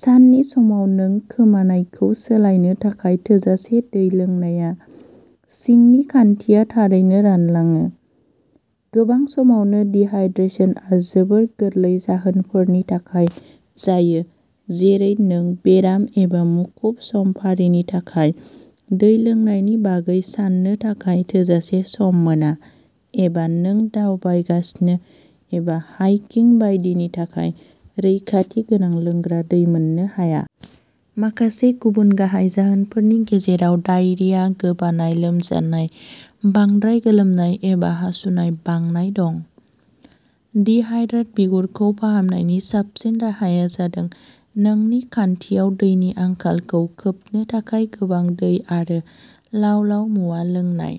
साननि समाव नों खोमानायखौ सोलायनो थाखाय थोजासे दै लोंनाया। सिंनि खान्थिया थारैनो रानलाङो। गोबां समावनो डिहाइड्रेशनआ जोबोद गोरलै जाहोनफोरनि थाखाय जायो जेरै नों बेराम एबा मुखुब समफारिनि थाखाय दै लोंनायनि बागै साननो थाखाय थोजासे सम मोना एबा नों दावबायगासिनो एबा हाइकिं बायदिनि थाखाय रैखाथि गोनां लोंग्रा दै मोननो हाया। माखासे गुबुन गाहाय जाहोनफोरनि गेजेराव डायेरिया, गोबानाय, लोमजानाय, बांद्राय गोलोमनाय एबा हासुनाय बांनाय दं। डिहाइड्रेटेड बिगुरखौ फाहामनायनि साबसिन राहाया जादों नोंनि खान्थियाव दैनि आंखालखौ खोबनो थाखाय गोबां दै आरो लाव-लाव मुवा लोंनाय।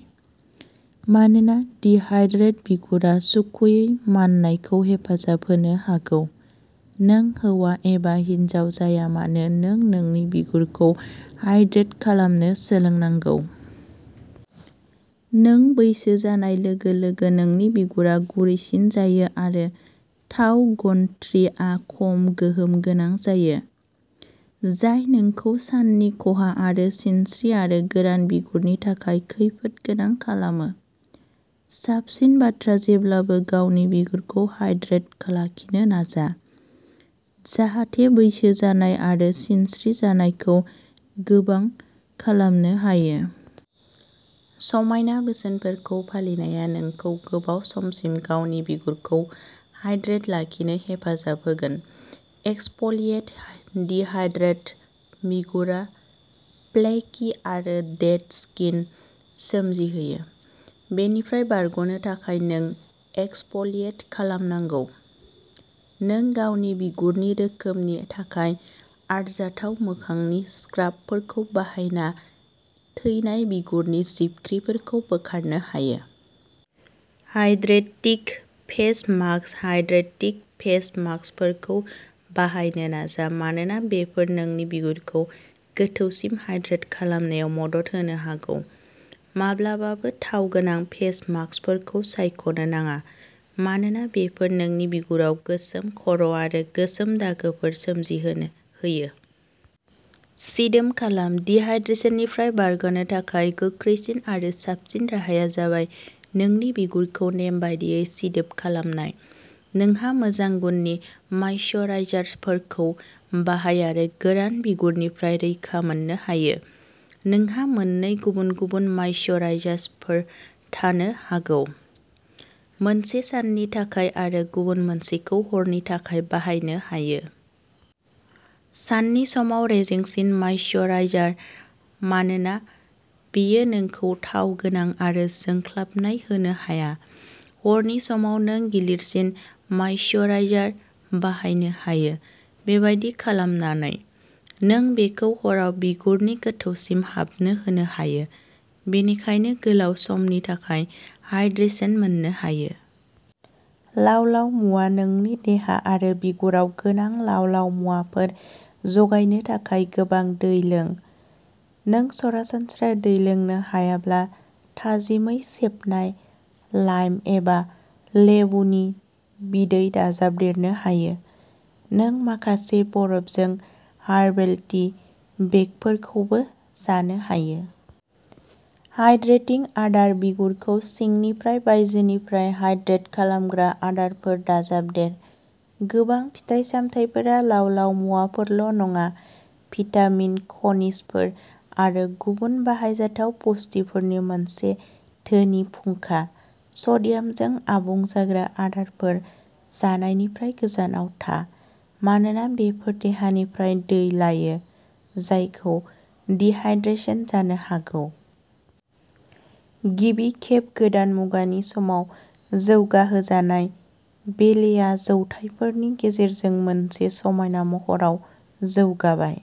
मानोना डिहाइड्रेटेड बिगुरा सुखुयै माननायखौ हेफाजाब होनो हागौ, नों हौवा एबा हिनजाव जाया मानो नों नोंनि बिगुरखौ हाइड्रेट खालामनो सोलोंनांगौ। नों बैसो जानाय लोगो-लोगो नोंनि बिगुरा गुरैसिन जायो आरो थाव ग्रन्थिआ खम गोहोम गोनां जायो, जाय नोंखौ साननि खहा आरो सिनस्रि आरो गोरान बिगुरनि थाखाय खैफोद गोनां खालामो। साबसिन बाथ्रा जेब्लाबो गावनि बिगुरखौ हाइड्रेटेड लाखिनो नाजा, जाहाथे बैसो जानाय आरो सिनस्रि जानायफोरखौ गोबाव खालामनो हायो। समायना बोसोनफोरखौ फालिनाया नोंखौ गोबाव समसिम गावनि बिगुरखौ हाइड्रेटेड लाखिनो हेफाजाब होगोन। एक्सफलिएट डिहाइड्रेटेड बिगुरा फ्लेकि आरो डेड स्किन सोमजिहोयो। बेनिफ्राय बारग'नो थाखाय, नों एक्सफलिएट खालामनांगौ। नों गावनि बिगुरनि रोखोमनि थाखाय आरजाथाव मोखांनि स्क्राबफोरखौ बाहायना थैनाय बिगुरनि जिबख्रिफोरखौ बोखारनो हायो। Hydrating face mask hydrating face मास्कफोरखौ बाहायनो नाजा मानोना बेफोर नोंनि बिगुरखौ गोथौसिम हाइड्रेट खालामनायाव मदद होनो हागौ। माब्लाबाबो थाव गोनां फेस मास्कफोरखौ सायख'नो नाङा मानोना बेफोर नोंनि बिगुराव गोसोम खर'आरो गोसोम दागोफोर सोमजिहोयो। सिदोब खालाम डिहाइड्रेशननिफ्राय बारग'नो थाखाय गोख्रैसिन आरो साबसिन राहाया जाबाय नोंनि बिगुरखौ नेमबादियै सिदोब खालामनाय। मोजां गुननि मायिश्चराइजारफोरखौ बाहाय आरो गोरान बिगुरनिफ्राय रैखा मोननो हायो। नोंहा मोननै गुबुन-गुबुन मायिश्चराइजारफोर थानो हागौ, मोनसे साननि थाखाय आरो गुबुन मोनसेखौ हरनि थाखाय बाहायनो हायो। साननि समाव रेजेंसिन मायिश्चराइजार, मानोना बेयो नोंखौ थाव गोनां आरो जोंख्लाबनाय होनो हाया। हरनि समाव, नों गिलिरसिन मायिश्चराइजार बाहायनो हायो। बेबादि खालामनानै, नों बेखौ हराव बिगुरनि गोथौसिम हाबनो होनो हायो, बेनिखायनो गोलाव समनि थाखाय हाइड्रेशन मोननो हायो। लाव-लाव मुवा नोंनि देहा आरो बिगुराव गोनां लाव-लाव मुवाफोर जगायनो थाखाय गोबां दै लों। नों सरासनस्रा दै लोंनो हायाब्ला थाजिमै सेबनाय लाइम एबा लेबुनि बिदै दाजाबदेरनो हायो। नों माखासे बरफजों हार्बेल टी बेगफोरखौबो जानो हायो। हाइड्रेटिं आदार बिगुरखौ सिंनिफ्राय बायजोनिफ्राय हाइड्रेट खालामग्रा आदारफोर दाजाबदेर। गोबां फिथाइ सामथाइफोरा लाव-लाव मुवाफोरल' नङा, भिटामिन, खनिजफोर आरो गुबुन बाहायजाथाव पुष्टिफोरनि मोनसे धोनि फुंखा। सडियामजों आबुं जाग्रा आदारफोर जानायनिफ्राय गोजानाव था, मानोना बेफोर देहानिफ्राय दै लायो, जायजों डिहाइड्रेशन जानो हागौ। गिबि खेब गोदान मुगानि समाव जौगाहोजानाय, बेलेआ जौथायफोरनि गेजेरजों मोनसे समायना महराव जौगाबाय।